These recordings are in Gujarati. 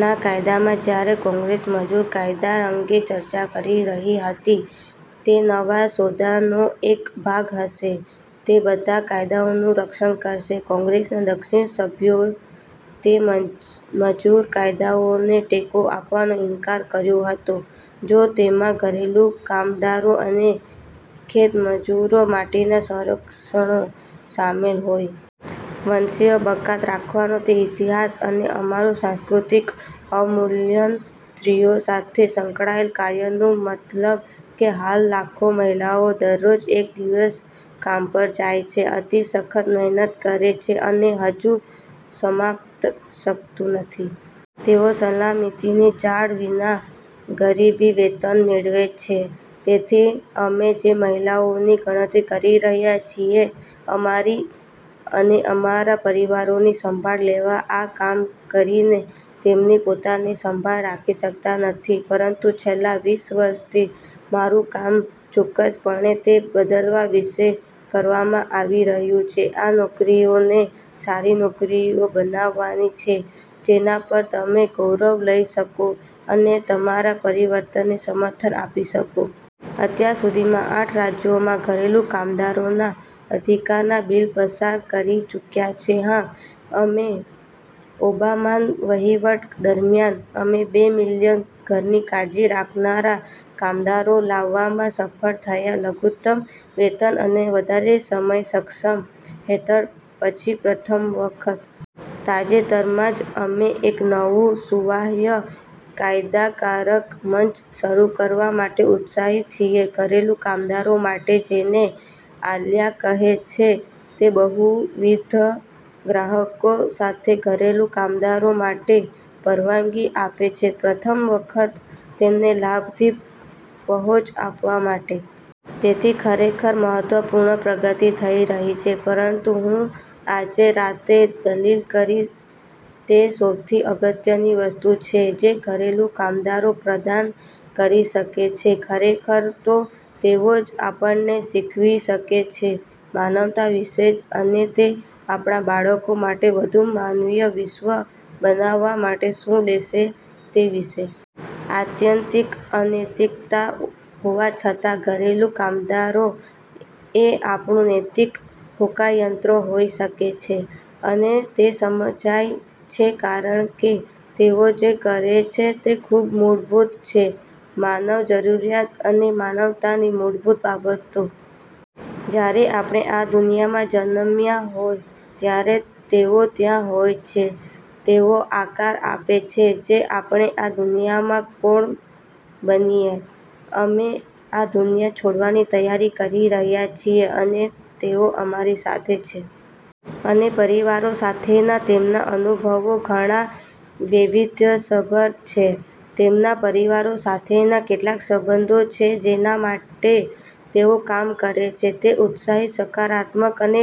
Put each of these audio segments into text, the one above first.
ના દાયકામાં, જ્યારે કોંગ્રેસ મજૂર કાયદા અંગે ચર્ચા કરી રહી હતી તે નવા સોદાનો એક ભાગ હશે, તે બધા કામદારોનું રક્ષણ કરશે, કોંગ્રેસના દક્ષિણ સભ્યોએ તે મજૂર કાયદાઓને ટેકો આપવાનો ઇનકાર કર્યો હતો જો તેમાં ઘરેલું કામદારો અને ખેતમજૂરો માટેના સંરક્ષણો શામેલ હોય. વંશીય બાકાત રાખવાનો તે ઇતિહાસ અને અમારું સાંસ્કૃતિક અવમૂલ્યન સ્ત્રીઓ સાથે સંકળાયેલ કાર્યનું મતલબ કે હાલ લાખો મહિલાઓ દરરોજ એક દિવસ કામ પર જાય છે, અતિ સખત મહેનત કરે છે અને હજુ સમાપ્ત શકતું નથી. તેઓ સલામતીની જાળ વિના ગરીબી વેતન મેળવે છે, જેથી અમે જે મહિલાઓની ગણતરી કરી રહ્યા છીએ અમારી અને અમારા પરિવારોની સંભાળ લેવા આ કામ કરીને, તેમની પોતાની સંભાળ રાખી શકતા નથી. પરંતુ છેલ્લા વીસ વર્ષથી મારું કામ ચોકકસપણે તે બદલવા વિશે કરવામાં આવી રહ્યું છે આ નોકરીઓને સારી નોકરીઓ બનાવવાની છે જેના પર તમે ગૌરવ લઇ શકો અને તમારા પરિવારને સમર્થન આપી શકો. અત્યાર સુધીમાં, આઠ રાજ્યો ઘરેલુ કામદારોના અધિકારના બીલ પસાર કરી ચૂક્યા છે. હા. અને ઓબામાના વહીવટ દરમિયાન, અમે બે મિલિયન ઘરની કાળજી રાખનારા કામદારો લાવવામાં સફળ થયા લઘુતમ વેતન અને વધારે સમય સંરક્ષણ હેઠળ પછી પ્રથમ વખત. તાજેતરમાં જ, અમે એક નવું સુવાહ્ય ફાયદાકારક મંચ શરૂ કરવા માટે ઉત્સાહિત છીએ ઘરેલું કામદારો માટે, જેને "આલિયા" કહે છે. જે બહુવિધ ગ્રાહકો સાથે ઘરેલું કામદારો માટે પરવાનગી આપે છે પ્રથમ વખત તેમને લાભની પહોંચ આપવા માટે. તેથી ખરેખર મહત્વપૂર્ણ પ્રગતિ થઈ રહી છે. પરંતુ હું આજે રાતે દલીલ કરીશ તે સૌથી અગત્યની વસ્તુ છે જે ઘરેલું કામદારો પ્રદાન કરી શકે છે ખરેખર તો તેઓ જ આપણને શીખવી શકે છે માનવતા વિશે જ અને તે આપણા બાળકો માટે વધુ માનવીય વિશ્વ બનાવવા માટે શું લેશે તે વિશે. આત્યંતિક અનૈતિકતા હોવા છતાં, ઘરેલું કામદારો એ આપણું નૈતિક હોકાયંત્ર હોઈ શકે છે. અને તે સમજાય છે, કારણ કે તેઓ જે કરે છે તે ખૂબ મૂળભૂત છે માનવ જરૂરિયાત અને માનવતાની મૂળભૂત બાબતો. જ્યારે આપણે આ દુનિયામાં જન્મ્યા હોય ત્યારે તેઓ ત્યાં હોય છે, તેઓ આકાર આપે છે જે આપણે આ દુનિયામાં કોણ બનીએ; અમે આ દુનિયા છોડવાની તૈયારી કરી રહ્યા છીએ અને તેઓ અમારી સાથે છે. અને પરિવારો સાથેના તેમના અનુભવો ઘણા વૈવિધ્યસભર છે. તેમના પરિવારો સાથેના કેટલાક સંબંધો છે જેના માટે તેઓ કામ કરે છે તે ઉત્સાહી સકારાત્મક અને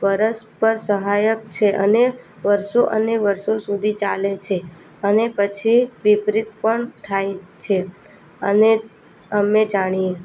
પરસ્પર સહાયક છે અને વર્ષો અને વર્ષો સુધી ચાલે છે. અને પછી વિપરીત પણ થાય છે. અને અમે જાતીય